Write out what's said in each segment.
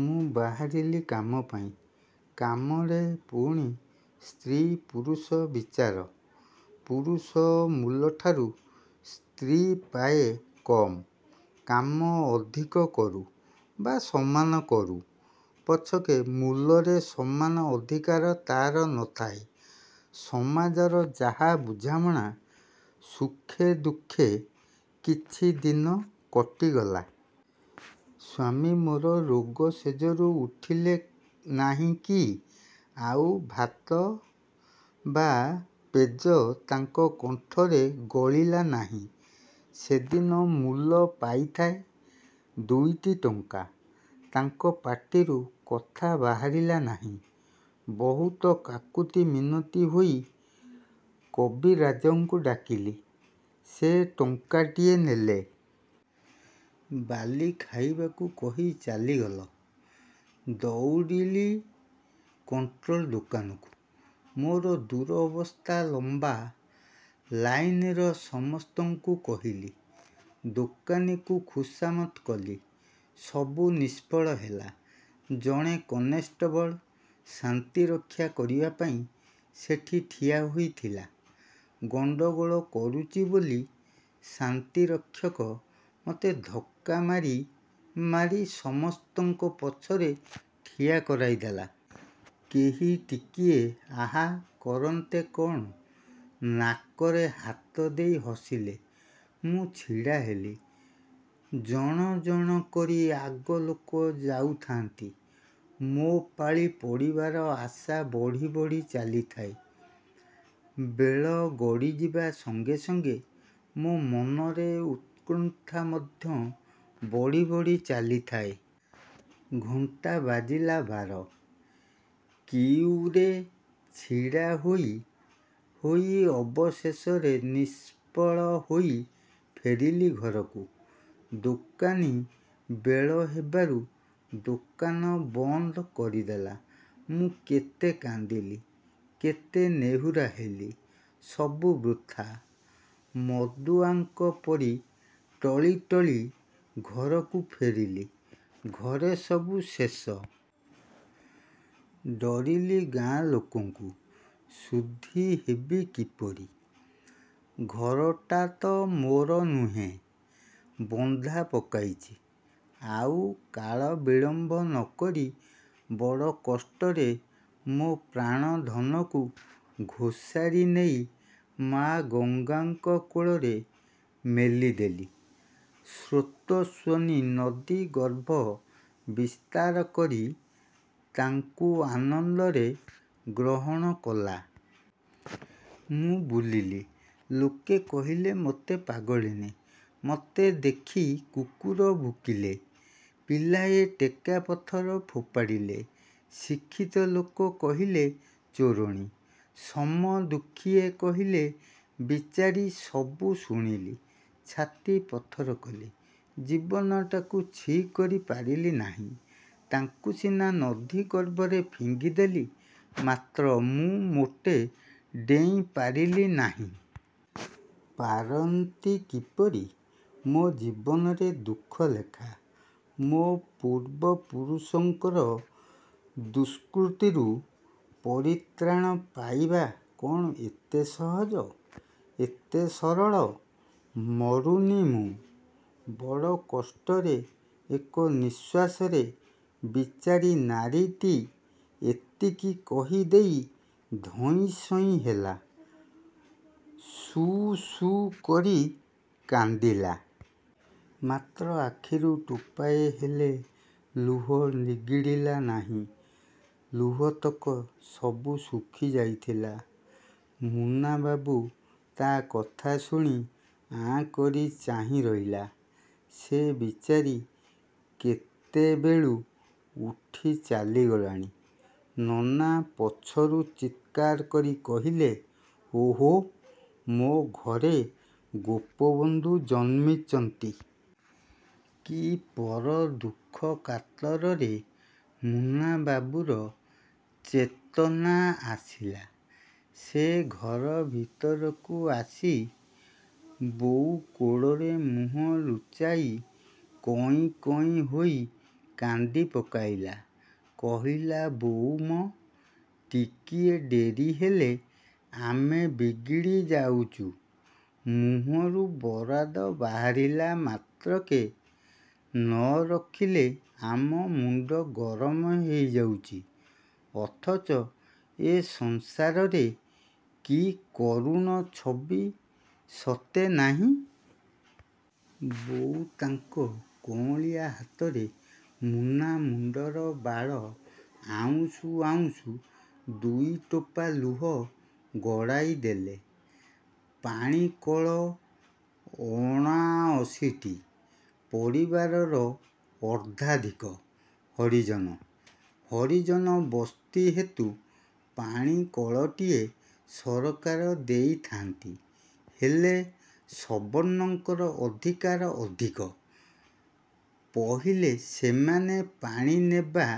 ମୁଁ ବାହାରିଲି କାମ ପାଇଁ। କାମରେ ପୁଣୀ 'ସ୍ତ୍ରୀ' 'ପୁରୁଷ' ବିଚାର-। ପୁରୁଷ ମୂଲଠାରୁ ସ୍ତ୍ରୀ ପାଏ କମ୍। କାମ ଅଧିକ କରୁ ବା ସମାନ କରୁ ପଛକେ ମୂଲରେ ସମାନ ଅଧିକାର ତାର ନ ଥାଏ। ସମାଜର ଯାହା ବୁଝାମଣା! ସୁଖେ ଦୁଃଖେ କିଛି ଦିନ କଟିଗଲା। ସ୍ୱାମୀ ମୋର ରୋଗ ଶେଯରୁ ଉଠିଲେ ନାହିଁ କି ଆଉ ଭାତ ବା ପେଜ ତାଙ୍କ କଣ୍ଠରେ ଗଳିଲା ନାହିଁ। ସେଦିନ ମୂଲ ପାଇଥାଏ ଦୁଇଟି ଟଙ୍କା। ତାଙ୍କ ପାଟିରୁ କଥା ବାହାରିଲା ନାହିଁ। ବହୁତ କାକୁତି ମିନତି ହୋଇ କବିରାଜଙ୍କୁ ଡ଼ାକିଲି। ସେ ଟଙ୍କାଟିଏ ନେଲେ। ବାଲି ଖାଇବାକୁ କହି ଚାଲିଗଲେ। ଦଉଡ଼ିଲି କଣ୍ଟ୍ରୋଲ ଦୋକାନକୁ। ମୋର ଦୂରବସ୍ଥା ଲମ୍ବା ଲାଇନର ସମସ୍ତଙ୍କୁ କହିଲି। ଦୋକାନୀକୁ ଖୁସାମତ୍ କଲି। ସବୁ ନିସ୍ଫଳ ହେଲା। ଜଣେ କନେଷ୍ଟବଳ ଶାନ୍ତି ରକ୍ଷା କରିବା ପାଇଁ ସେଠି ଠିଆ ହୋଇଥିଲା। ଗଣ୍ତଗୋଳ କରୁଚି ବୋଲି ଶାନ୍ତିରକ୍ଷକ ମତେ ଧକ୍କା ମାରି ମାରି ସମସ୍ତଙ୍କ ପଛରେ ଠିଆ କରାଇଦେଲା। କେହି ଟିକିଏ 'ଆହା' କରନ୍ତେ କଅଣ ନାକରେ ହାତଦେଇ ହସିଲେ। ମୁଁ ଛିଡ଼ା ହେଲି, ଜଣ ଜଣ କରି ଆଗ ଲୋକ ଯାଉ ଥାଆନ୍ତି। ମୋ ପାଳି ପଡ଼ିବାର ଆଶା ବଢ଼ି ବଢ଼ି ଚାଲିଥାଏ। ବେଳ ଗଡ଼ିଯିବା ସଙ୍ଗେ ସଙ୍ଗେ ମୋ ମନରେ ଉତ୍କଣ୍ଠା ମଧ୍ୟ ବଢ଼ି ବଢ଼ି ଚାଲିଥାଏ। ଘଣ୍ଟା ବାଜିଲା ବାର। କିଉରେ ଛିଡ଼ା ହୋଇ ହୋଇ ଅବଶେଷରେ ନିଷ୍ଫଳ ହୋଇ ଫେରିଲି ଘରକୁ। ଦୋକାନୀ ବେଳ ହେବାରୁ ଦୋକାନ ବନ୍ଦ କରିଦେଲା। ମୁଁ କେତେ କାନ୍ଦିଲି, କେତେ ନେହୁରା ହେଲି। ସବୁ ବୃଥା। ମଦୁଆଙ୍କ ପରି ଟଳି ଟଳି ଘରକୁ ଫେରିଲି। ଘରେ ସବୁ ଶେଷ। ଡରିଲି ଗାଁ ଲୋକଙ୍କୁ-। ଶୁଦ୍ଧି ହେବି କିପରି? ଘରଟା ତ ମୋର ନୁହଁ। ବନ୍ଧା ପକାଇଚି। ଆଉ କାଳ ବିଳମ୍ବ ନ କରି ବଡ଼ କଷ୍ଟରେ ମୋ ପ୍ରାଣ ଧନକୁ ଘୋସାରି ନେଇ ମା ଗଙ୍ଗାଙ୍କ କୋଳରେ ମେଲି ଦେଲି। ସ୍ରୋତସ୍ୱନୀ ନଦୀ ଗର୍ଭ ବିସ୍ତାର କରି ତାଙ୍କୁ ଆନନ୍ଦରେ ଗ୍ରହଣ କଲା। ମୁଁ ବୁଲିଲି। ଲୋକେ କହିଲେ ମତେ ପାଗଳିନୀ। ମତେ ଦେଖି କୁକୁର ଭୁକିଲେ। ପିଲାଏ ଟେକା ପଥର ଫୋପାଡ଼ିଲେ। ଶିକ୍ଷିତ ଲୋକେ କହିଲେ ଚୋରଣୀ। ସମଦୁଖୀଏ କହିଲେ 'ବିଚାରୀ'। ସବୁ ଶୁଣିଲି। ଛାତି ପଥର କଲି। ଜୀବନଟାକୁ ଛି କରି ପାରିଲି ନାହିଁ। ତାଙ୍କୁ ସିନା ନଦୀ ଗର୍ଭରେ ଫିଙ୍ଗିଦେଲି ମାତ୍ର ମୁଁ ମୋଟେ ଡେଇଁ ପାରିଲି ନାହିଁ। ପାରନ୍ତି କିପରି? ମୋ ଜୀବନରେ ଦୁଃଖ ଲେଖା। ମୋର ପୂର୍ବପୁରୁଷଙ୍କର ଦୁଷ୍କୃତିରୁ ପରିତ୍ରାଣ ପାଇବା କ'ଣ ଏତେ ସହଜ-? ଏତେ ସଅଳ ମରୁନି ମୁଁ। ବଡ଼ କଷ୍ଟରେ ଏକ ନିଶ୍ୱାସରେ ବିଚାରୀ ନାରୀଟି ଏତିକି କହି ଦେଇ ଧଇଁସଇଁ ହେଲା। ସୁଁ ସୁଁ କରି କାନ୍ଦିଲା। ମାତ୍ର ଆଖିରୁ ଟୋପାଏ ହେଲେ ଲୁହ ନିଗିଡ଼ିଲା ନାହିଁ। ଲୁହତକ ସବୁ ଶୁଖି ଯାଇଥିଲା। ମୁନାବାବୁ ତା କଥା ଶୁଣି ଆଁ କରି ଚାହିଁ ରହିଲା। ସେ ବିଚାରୀ କେତେବେଳୁ ଉଠି ଚାଲିଗଲାଣି। ନନା ପଛରୁ ଚିତ୍କାର କରି କହିଲେ-ଓହୋ, ମୋ ଘରେ ଗୋପବନ୍ଧୁ ଜନ୍ମିଚନ୍ତି। କି ପର ଦୁଃଖକାତର ରେ! ମୁନାବାବୁର ଚେତନା ଆସିଲା। ସେ ଘର ଭିତରକୁ ଆସି ବୋଉ କୋଡ଼ରେ ମୁହଁ ଲୁଚାଇ କଇଁ କଇଁ ହୋଇ କାନ୍ଦିପକାଇଲା। କହିଲା-ବୋଉ ମ! ଟିକିଏ ଡେରି ହେଲେ ଆମେ ବିଗିଡ଼ି ଯାଉଚୁ। ମୁହଁରୁ ବରାଦ ବାହାରିଲା ମାତ୍ରକେ ନ ରଖିଲେ ଆମ ମୁଣ୍ତ ଗରମ ହେଇଯାଉଚି; ଅଥଚ ଏ ସଂସାରରେ କି କରୁଣ ଛବି ସତେ ନାହିଁ! ବୋଉ ତାଙ୍କ କଅଁଳିଆ ହାତରେ ମୁନା ମୁଣ୍ତର ବାଳ ଆଉଁସୁ ଆଉଁସୁ ଦୁଇ ଟୋପା ଲୁହ ଗଡ଼ାଇଦେଲେ। ପାଣିକଳ ଅଣାଅଶିଟି। ପରିବାର। ଅର୍ଦ୍ଧାଧିକ ହରିଜନ। ହରିଜନ ବସ୍ତି ହେତୁ ପାଣି କଳଟିଏ ସରକାର ଦେଇଥାଆନ୍ତି। ହେଲେ ସବର୍ଣ୍ଣଙ୍କର ଅଧିକରା ଅଧିକ। ପହିଲେ ସେମାନେ ପାଣି ନେବା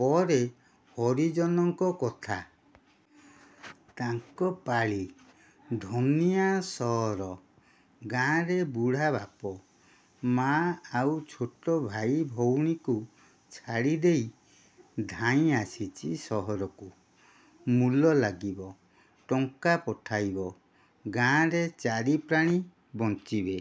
ପରେ ହରିଜନଙ୍କ କଥା। ତାଙ୍କ ପାଳି। ଧନିଆ ସଅର। ଗାଁରେ ବୁଢ଼ା ବାପ, ମା ଆଉ ଛୋଟ ଭାଇ ଭଉଣୀଙ୍କୁ ଛାଡ଼ିଦେଇ ଧାଇଁ ଆସିଚି ସହରକୁ। ମୂଲ ଲାଗିବ। ଟଙ୍କା ପଠାଇବ। ଗାଁରେ ଚାରି ପ୍ରାଣୀ ବଞ୍ଚିବେ।